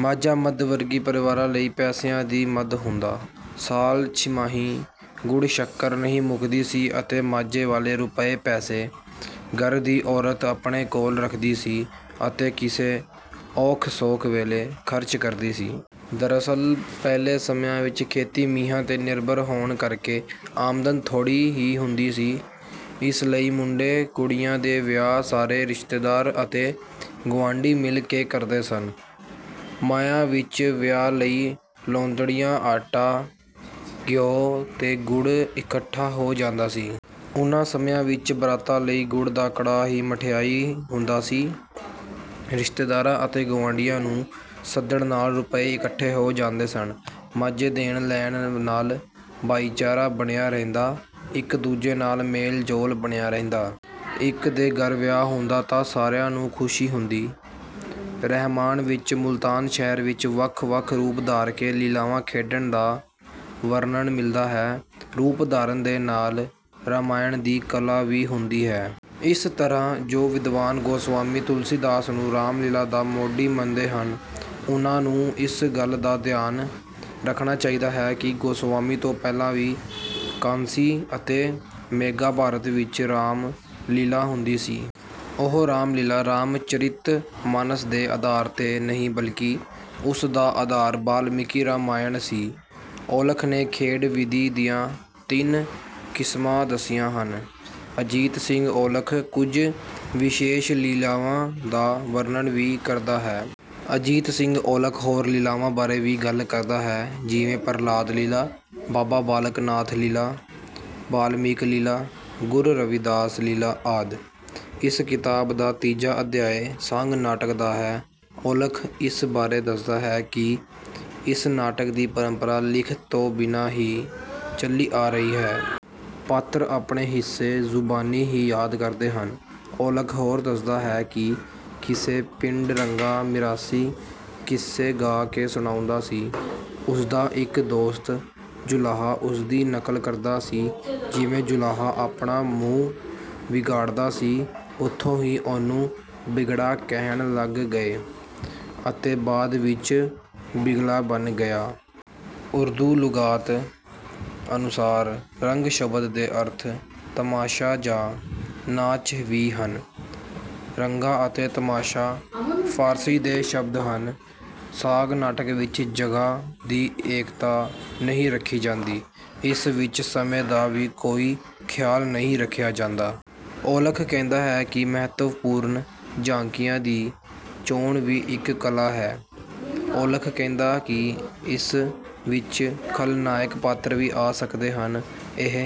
ਮਾਂਜਾ ਮੱਧ-ਵਰਗੀ ਪਰਿਵਾਰਾਂ ਲਈ ਪੈਸਿਆਂ ਦੀ ਮਦ ਹੁੰਦਾ। ਸਾਲ ਛਿਮਾਹੀ ਗੁੜ ਸ਼ੱਕਰ ਨਹੀਂ ਮੁੱਕਦੀ ਸੀ ਅਤੇ ਮਾਂਜੇ ਵਾਲੇ ਰੁਪਏ ਪੈਸੇ ਘਰ ਦੀ ਔਰਤ ਆਪਣੇ ਕੋਲ ਰੱਖਦੀ ਸੀ ਅਤੇ ਕਿਸੇ ਔਖ ਸੌਖ ਵੇਲੇ ਖਰਚ ਕਰਦੀ ਸੀ। ਦਰਅਸਲ ਪਹਿਲੇ ਸਮਿਆਂ ਵਿੱਚ ਖੇਤੀ ਮੀਂਹਾਂ ਤੇ ਨਿਰਭਰ ਹੋਣ ਕਰਕੇ ਆਮਦਨ ਥੋੜ੍ਹੀ ਹੀ ਹੁੰਦੀ ਸੀ। ਇਸ ਲਈ ਮੁੰਡੇ ਕੁੜੀਆਂ ਦੇ ਵਿਆਹ ਸਾਰੇ ਰਿਸ਼ਤੇਦਾਰ ਅਤੇ ਗੁਆਂਢੀ ਮਿਲ ਕੇ ਕਰਦੇ ਸਨ। ਮਾਈਆਂ ਵਿੱਚ ਵਿਆਹ ਲਈ ਲੋੜੀਂਦਾ ਆਟਾ, ਘਿਉ ਤੇ ਗੁੜ ਇਕੱਠਾ ਹੋ ਜਾਂਦਾ ਸੀ। ਉਨ੍ਹਾਂ ਸਮਿਆਂ ਵਿੱਚ ਬਰਾਤਾਂ ਲਈ ਗੁੜ ਦਾ ਕੜਾਹ ਹੀ ਮਠਿਆਈ ਹੁੰਦਾ ਸੀ। ਰਿਸ਼ਤੇਦਾਰਾਂ ਅਤੇ ਗੁਆਂਢੀਆਂ ਨੂੰ ਸੱਦਣ ਨਾਲ ਰੁਪਏ ਇਕੱਠੇ ਹੋ ਜਾਂਦੇ ਸਨ। ਮਾਂਜੇ ਦੇਣ ਲੈਣ ਨਾਲ ਭਾਈਚਾਰਾ ਬਣਿਆ ਰਹਿੰਦਾ, ਇੱਕ ਦੂਜੇ ਨਾਲ ਮੇਲ-ਜੋਲ ਬਣਿਆ ਰਹਿੰਦਾ। ਇੱਕ ਦੇ ਘਰ ਵਿਆਹ ਹੁੰਦਾ ਤਾਂ ਸਾਰਿਆਂ ਨੂੰ ਖੁਸ਼ੀ ਹੁੰਦੀ। ਰਹਿਮਾਨ ਵਿੱਚ ਮੁਲਤਾਨ ਸ਼ਹਿਰ ਵਿੱਚ ਵੱਖ ਵੱਖ ਰੂਪ ਧਾਰ ਕੇ ਲੀਲਾਵਾਂ ਖੇਡਣ ਦਾ ਵਰਣਨ ਮਿਲਦਾ ਹੈ। ਰੂਪ ਧਾਰਨ ਦੇ ਨਾਲ ਰਾਮਾਇਣ ਦੀ ਕਲਾ ਵੀ ਹੁੰਦੀ ਹੈ। ਇਸ ਤਰ੍ਹਾਂ ਜੋ ਵਿਦਵਾਨ ਗੋਸਵਾਮੀ ਤੁਲਸੀ ਦਾਸ ਨੂੰ ਰਾਮ ਲੀਲਾ ਦਾ ਮੋਢੀ ਮੰਨਦੇ ਹਨ, ਉਨ੍ਹਾਂ ਨੂੰ ਇਸ ਗੱਲ ਦਾ ਧਿਆਨ ਰੱਖਣਾ ਚਾਹੀਦਾ ਹੈ ਕਿ ਗੋਸਵਾਮੀ ਤੋਂ ਪਹਿਲਾਂ ਵੀ ਕਾਂਸੀ ਅਤੇ ਮੇਘਾ ਭਾਰਤ ਵਿੱਚ ਰਾਮ ਲੀਲਾ ਹੁੰਦੀ ਸੀ। ਉਹ ਰਾਮਲੀਲਾ, ਰਾਮ ਚਰਿਤ ਮਾਨਸ ਦੇ ਆਧਾਰ ਤੇ ਨਹੀਂ ਬਲਕਿ ਉਸ ਦਾ ਆਧਾਰ ਬਾਲਮੀਕੀ ਰਾਮਾਇਣ ਸੀ। ਔਲਖ ਨੇ ਖੇਡ ਵਿਧੀ ਦੀਆਂ ਤਿੰਨ ਕਿਸਮਾਂ ਦੱਸੀਆਂ ਹਨ। ਅਜੀਤ ਸਿੰਘ ਔਲਖ ਕੁਝ ਵਿਸ਼ੇਸ਼ ਲੀਲਾਵਾਂ ਦਾ ਵਰਣਨ ਵੀ ਕਰਦਾ ਹੈ। ਅਜੀਤ ਸਿੰਘ ਔਲਖ ਹੋਰ ਲੀਲਾਵਾਂ ਬਾਰੇ ਵੀ ਗੱਲ ਕਰਦਾ ਹੈ। ਜਿਵੇਂ ਪ੍ਰਲਾਦ ਲੀਲਾ, ਬਾਬਾ ਬਾਲਕ ਨਾਥ ਲੀਲਾ, ਬਾਲਮੀਕ ਲੀਲਾ, ਗੁਰੂ ਰਵਿਦਾਸ ਲੀਲਾ ਆਦਿ। ਇਸ ਕਿਤਾਬ ਦਾ ਤੀਜਾ ਅਧਿਆਇ ਸਾਂਗ ਨਾਟਕ ਦਾ ਹੈ। ਔਲਖ ਇਸ ਬਾਰੇ ਦੱਸਦਾ ਹੈ ਕਿ ਇਸ ਨਾਟਕ ਦੀ ਪਰੰਪਰਾ ਲਿਖਤ ਤੋਂ ਬਿਨਾਂ ਹੀ ਚਲੀ ਆ ਰਹੀ ਹੈ। ਪਾਤਰ ਆਪਣੇ ਹਿੱਸੇ ਜ਼ੁਬਾਨੀ ਹੀ ਯਾਦ ਕਰਦੇ ਹਨ। ਔਲਖ ਹੋਰ ਦੱਸਦਾ ਹੈ ਕਿ ਕਿਸੇ ਪਿੰਡ ਰੰਗਾ ਮਿਰਾਸੀ ਕਿੱਸੇ ਗਾ ਕੇ ਸੁਣਾਉਂਦਾ ਸੀ। ਉਸਦਾ ਇੱਕ ਦੋਸਤ ਜੁਲਾਹਾ ਉਸਦੀ ਨਕਲ ਕਰਦਾ ਸੀ। ਜਿਵੇਂ ਜੁਲਾਹਾ ਆਪਣਾ ਮੂੰਹ ਵਿਗਾੜਦਾ ਸੀ, ਉਥੋਂ ਹੀ ਉਸਨੂੰ ਬਿਗੜਾ ਕਹਿਣ ਲੱਗ ਗਏ ਅਤੇ ਬਾਅਦ ਵਿੱਚ ਬਿਗਲਾ ਬਣ ਗਿਆ। ਉਰਦੂ ਲੁਗਾਤ ਅਨੁਸਾਰ ਰੰਗ ਸ਼ਬਦ ਦੇ ਅਰਥ ਤਮਾਸ਼ਾ ਜਾਂ ਨਾਚ ਵੀ ਹਨ। ਰੰਗਾ ਅਤੇ ਤਮਾਸ਼ਾ ਫਾਰਸੀ ਦੇ ਸ਼ਬਦ ਹਨ। ਸਾਂਗ ਨਾਟਕ ਵਿੱਚ ਜਗ੍ਹਾ ਦੀ ਇੱਕਤਾ ਨਹੀਂ ਰੱਖੀ ਜਾਂਦੀ। ਇਸ ਵਿੱਚ ਸਮੇਂ ਦਾ ਵੀ ਕੋਈ ਖਿਆਲ ਨਹੀਂ ਰੱਖਿਆ ਜਾਂਦਾ। ਔਲਖ ਕਹਿੰਦਾ ਹੈ ਕਿ ਮਹੱਤਵਪੂਰਨ ਝਾਕੀਆਂ ਦੀ ਚੋਣ ਵੀ ਇੱਕ ਕਲਾ ਹੈ। ਔਲਖ ਕਹਿੰਦਾ ਕਿ ਇਸ ਵਿੱਚ ਖਲਨਾਇਕ ਪਾਤਰ ਵੀ ਆ ਸਕਦੇ ਹਨ। ਇਹ